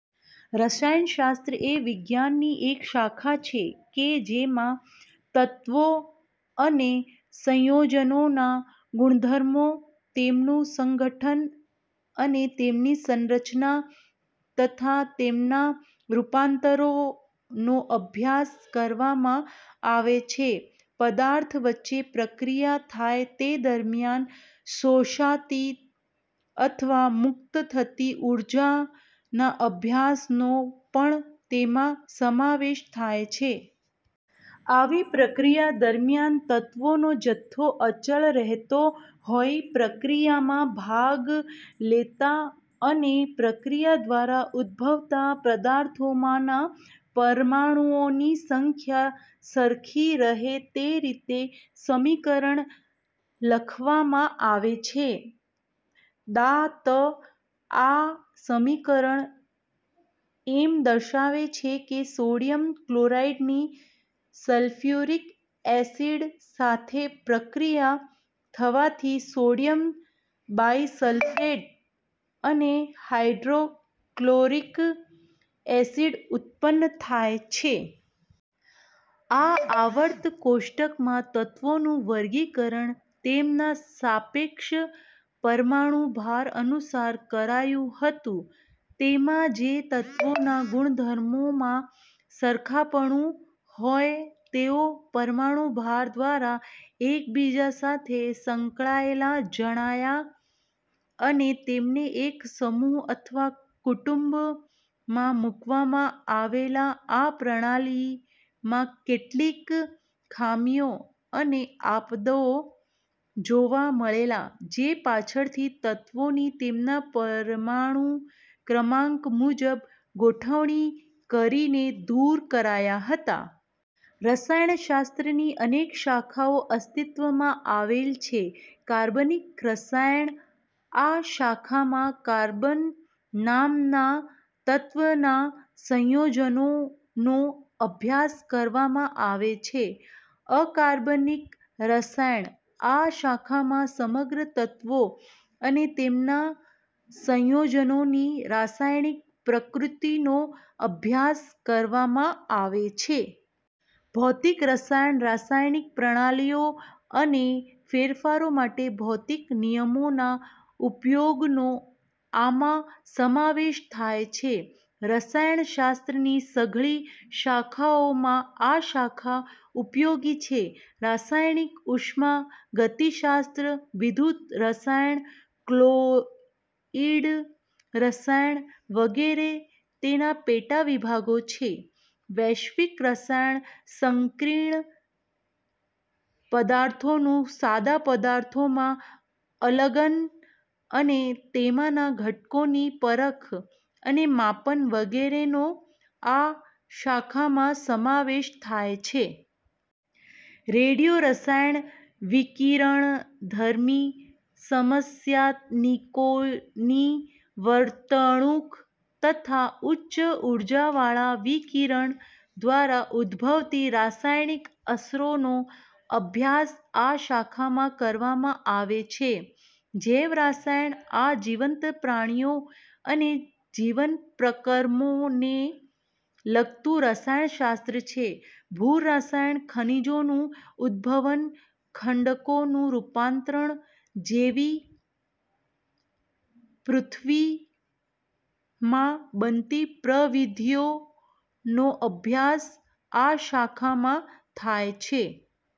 રસાયણ શાસ્ત્ર એ વિજ્ઞાનની એક શાખા છે કે જેમાં તત્વો અને સંયોજનોના ગુણધર્મો, તેમનું સંઘટન અને તેમની સંરચના તથા તેમનાં રૂપાંતરોનો અભ્યાસ કરવામાં આવે છે. પદાર્થ વચ્ચે પ્રક્રિયા થાય તે દરમિયાન શોષાતી અથવા મુક્ત થતી ઊર્જાના અભ્યાસનો પણ તેમાં સમાવેશ થાય છે. આવી પ્રક્રિયા દરમિયાન તત્વોનો જથ્થો અચળ રહેતો હોઈ પ્રક્રિયામાં ભાગ લેતા અને પ્રક્રિયા દ્વારા ઉદભવતા પદાર્થોમાંના પરમાણુઓની સંખ્યા સરખી રહે તે રીતે સમીકરણ લખવામાં આવે છે; દા. ત., આ સમીકરણ એમ દર્શાવે છે કે સોડિયમ ક્લોરાઈડ ની સલ્ફ્યુરિક ઍસિડ સાથે પ્રક્રિયા થવાથી સોડિયમ બાઇસલ્ફેટ અને હાઇડ્રોક્લોરિક ઍસિડ ઉત્પન્ન થાય છે. આ આવર્ત કોષ્ટકમાં તત્વોનું વર્ગીકરણ તેમના સાપેક્ષ પરમાણુભાર અનુસાર કરાયું હતું. તેમાં જે તત્વોના ગુણધર્મોમાં સરખાપણું હોય તેઓ પરમાણુભાર દ્વારા એકબીજા સાથે સંકળાયેલા જણાયા અને તેમને એક સમૂહ અથવા કુટુંબમાં મૂકવામાં આવેલા. આ પ્રણાલીમાં કેટલીક ખામીઓ અને અપવાદો જોવા મળેલા, જે પાછળથી તત્વોની તેમના પરમાણુ ક્રમાંક મુજબ ગોઠવણી કરીને દૂર કરાયા હતા. રસાયણ શાસ્ત્રની અનેક શાખાઓ અસ્તિત્વમાં આવેલ છે: કાર્બનિક રસાયણ: આ શાખામાં કાર્બન નામના તત્વનાં સંયોજનોનો અભ્યાસ કરવામાં આવે છે. અકાર્બનિક રસાયણ: આ શાખામાં સમગ્ર તત્વો અને તેમનાં સંયોજનોની રાસાયણિક પ્રકૃતિનો અભ્યાસ કરવામાં આવે છે. ભૌતિક રસાયણ: રાસાયણિક પ્રણાલિઓ અને ફેરફારો માટે ભૌતિક નિયમોના ઉપયોગનો આમાં સમાવેશ થાય છે. રસાયણ શાસ્ત્રની સઘળી શાખાઓમાં આ શાખા ઉપયોગી છે. રાસાયણિક ઉષ્માગતિશાસ્ત્ર, વિદ્યુત-રસાયણ, કૉલોઇડ રસાયણ વગેરે તેના પેટાવિભાગો છે. વૈશ્લેષિક રસાયણ: સંકીર્ણ પદાર્થોનું સાદા પદાર્થોમાં અલગન અને તેમાંના ઘટકોની પરખ અને માપન વગેરેનો આ શાખામાં સમાવેશ થાય છે. રેડિયો-રસાયણ: વિકિરણધર્મી સમસ્થાનિકોની વર્તણૂક તથા ઉચ્ચ ઊર્જાવાળાં વિકિરણ દ્વારા ઉદભવતી રાસાયણિક અસરોનો અભ્યાસ આ શાખામાં કરવામાં આવે છે. જૈવરસાયણ: આ જીવંત પ્રાણીઓ અને જીવન-પ્રક્રમોને લગતું રસાયણ શાસ્ત્ર છે. ભૂરસાયણ: ખનિજોનું ઉદભવન, ખડકોનું રૂપાંતરણ જેવી પૃથ્વીમાં બનતી પ્રવિધિઓનો અભ્યાસ આ શાખામાં થાય છે.